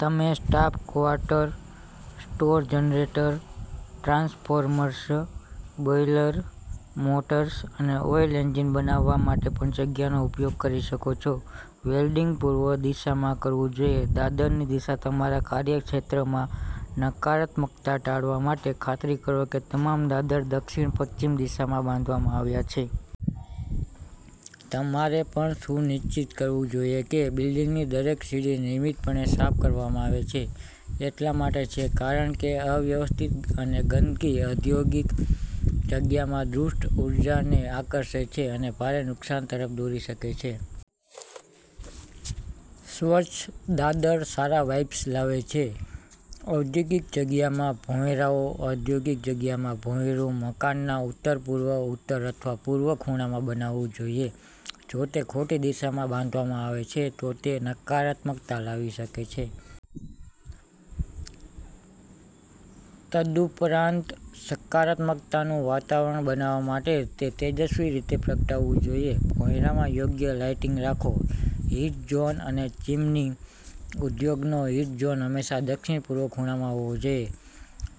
તમે staff quarter, store generator, transformers, boiler, motors અને oil engine બનાવવા માટે પણજગ્યાનો ઉપયોગ કરી શકો છો. વેલ્ડીંગ પૂર્વ દિશામાંકરવું જોઈએ દાદરની દિશા તમારા કાર્યક્ષેત્રમાં નકારાત્મકતા ટાળવા માટે, ખાતરી કરો કે તમામ દાદર દક્ષિણ-પશ્ચિમ દિશામાં બાંધવામાં આવ્યા છે. તમારેપણ સુનિશ્ચિત કરવું જોઈએ કે બિલ્ડિંગની દરેક સીડી નિયમિતપણે સાફ કરવામાં આવે છે. એટલા માટે છે કારણ કે અવ્યવસ્થિત અને ગંદકી ઔદ્યોગિક જગ્યામાં દુષ્ટ ઊર્જાને આકર્ષે છે, અને ભારે નુકસાન તરફ દોરી શકે છે. સ્વચ્છ દાદર સારા વાઇબ્સ લાવે છે ઔદ્યોગિક જગ્યામાં ભોંયરાઓ ઔદ્યોગિક જગ્યામાં ભોંયરું મકાનના ઉત્તરપૂર્વ, ઉત્તર અથવા પૂર્વ ખૂણામાં બનાવવું જોઈએ. જો તે ખોટી દિશામાં બાંધવામાં આવે છે, તો તે નકારાત્મકતા લાવી શકે છે. તદુપરાંત, સકારાત્મકતાનું વાતાવરણ બનાવવા માટે તે તેજસ્વી રીતે પ્રગટાવવું જોઈએ. ભોંયરામાં યોગ્ય લાઇટિંગ રાખો હીટ ઝોન અને ચીમની ઉદ્યોગનો હીટ ઝોન હંમેશા દક્ષિણપૂર્વ ખૂણામાં હોવો જોઈએ.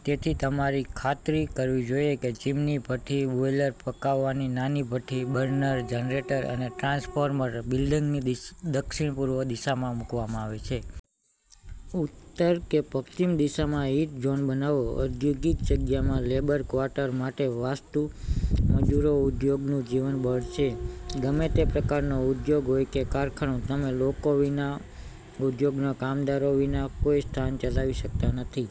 તેથી, તમારે ખાતરી કરવી જોઈએ કે ચીમની, ભઠ્ઠી, બોઈલર, પકાવવાની નાની ભઠ્ઠી, બર્નર, જનરેટર અને ટ્રાન્સફોર્મર બિલ્ડિંગની દક્ષિણપૂર્વ દિશામાં મૂકવામાં આવે છે. ઉત્તર કે પશ્ચિમ દિશામાં હીટ ઝોનબનાવો ઔદ્યોગિક જગ્યામાં લેબર ક્વાર્ટર માટે વાસ્તુ મજૂરોઉદ્યોગનું જીવન બળ છે. ગમે તે પ્રકારનો ઉદ્યોગ હોય કે કારખાનું, તમે લોકો વિના, ઉદ્યોગના કામદારો વિના કોઈ સ્થાન ચલાવી શકતા નથી.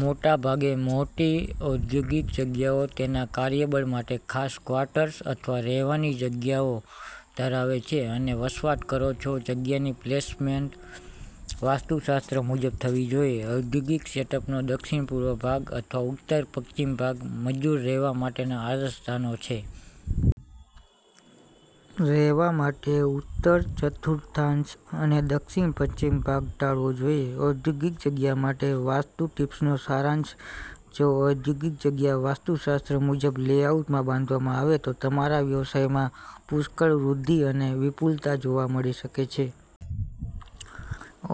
મોટાભાગે મોટી ઔદ્યોગિક જગ્યાઓ તેના કાર્યબળ માટે ખાસ ક્વાર્ટર્સ અથવા રહેવાની જગ્યાઓ ધરાવે છે અનેવસવાટ કરો છો જગ્યાની પ્લેસમેન્ટ વાસ્તુશાસ્ત્ર મુજબ થવી જોઈએ. ઔદ્યોગિક સેટઅપનો દક્ષિણ પૂર્વ ભાગ અથવા ઉત્તર પશ્ચિમ ભાગ મજૂર રહેવા માટેના આદર્શ સ્થાનો છે. રહેવા માટે ઉત્તર ચતુર્થાંશ અને દક્ષિણ પશ્ચિમ ભાગ ટાળવો જોઈએ. ઔદ્યોગિક જગ્યા માટે વાસ્તુ ટિપ્સનો સારાંશ જો ઔદ્યોગિક જગ્યા વાસ્તુશાસ્ત્ર મુજબ લેઆઉટમાં બાંધવામાં આવે તો તમારા વ્યવસાયમાં પુષ્કળ વૃદ્ધિ અને વિપુલતા જોવા મળી શકે છે.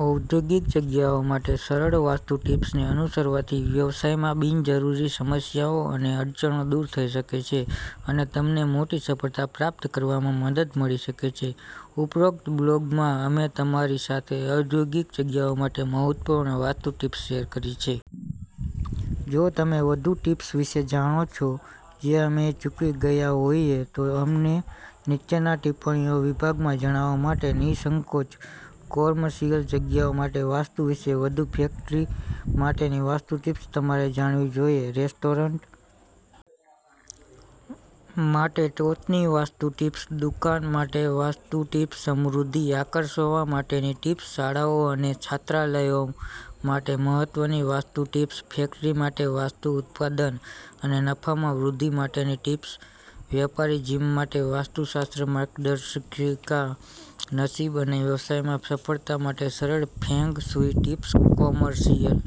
ઔદ્યોગિક જગ્યાઓ માટે સરળ વાસ્તુ ટીપ્સને અનુસરવાથી વ્યવસાયમાં બિનજરૂરી સમસ્યાઓ અને અડચણો દૂર થઈ શકે છે અને તમને મોટી સફળતા પ્રાપ્ત કરવામાં મદદ મળી શકે છે. ઉપરોક્ત બ્લોગમાં, અમે તમારી સાથે ઔદ્યોગિક જગ્યાઓ માટે મહત્વપૂર્ણ વાતુ ટીપ્સ શેર કરી છે. જો તમે વધુ ટિપ્સ વિશે જાણો છો જે અમે ચૂકી ગયા હોઈએ, તો અમને નીચેના ટિપ્પણીઓ વિભાગમાં જણાવવા માટે નિઃસંકોચ. કોમર્શિયલ જગ્યાઓ માટે વાસ્તુ વિશે વધુ ફેક્ટરી માટેની વાસ્તુ ટિપ્સ તમારે જાણવીજોઈએ રેસ્ટોરન્ટ માટે ટોચની વાસ્તુ ટીપ્સ દુકાન માટે વાસ્તુ ટીપ્સસમૃદ્ધિ આકર્ષવા માટેની ટીપ્સ શાળાઓ અને છાત્રાલયો માટે મહત્વની વાસ્તુ ટીપ્સ ફેક્ટરી માટે વાસ્તુઉત્પાદન અને નફામાં વૃદ્ધિ માટેની ટીપ્સ વ્યાપારી જીમ માટે વાસ્તુશાસ્ત્ર માર્ગદર્શિકા નસીબ અને વ્યવસાયમાં સફળતા માટે સરળ ફેંગ શુઇ ટિપ્સ કોમર્શિયલ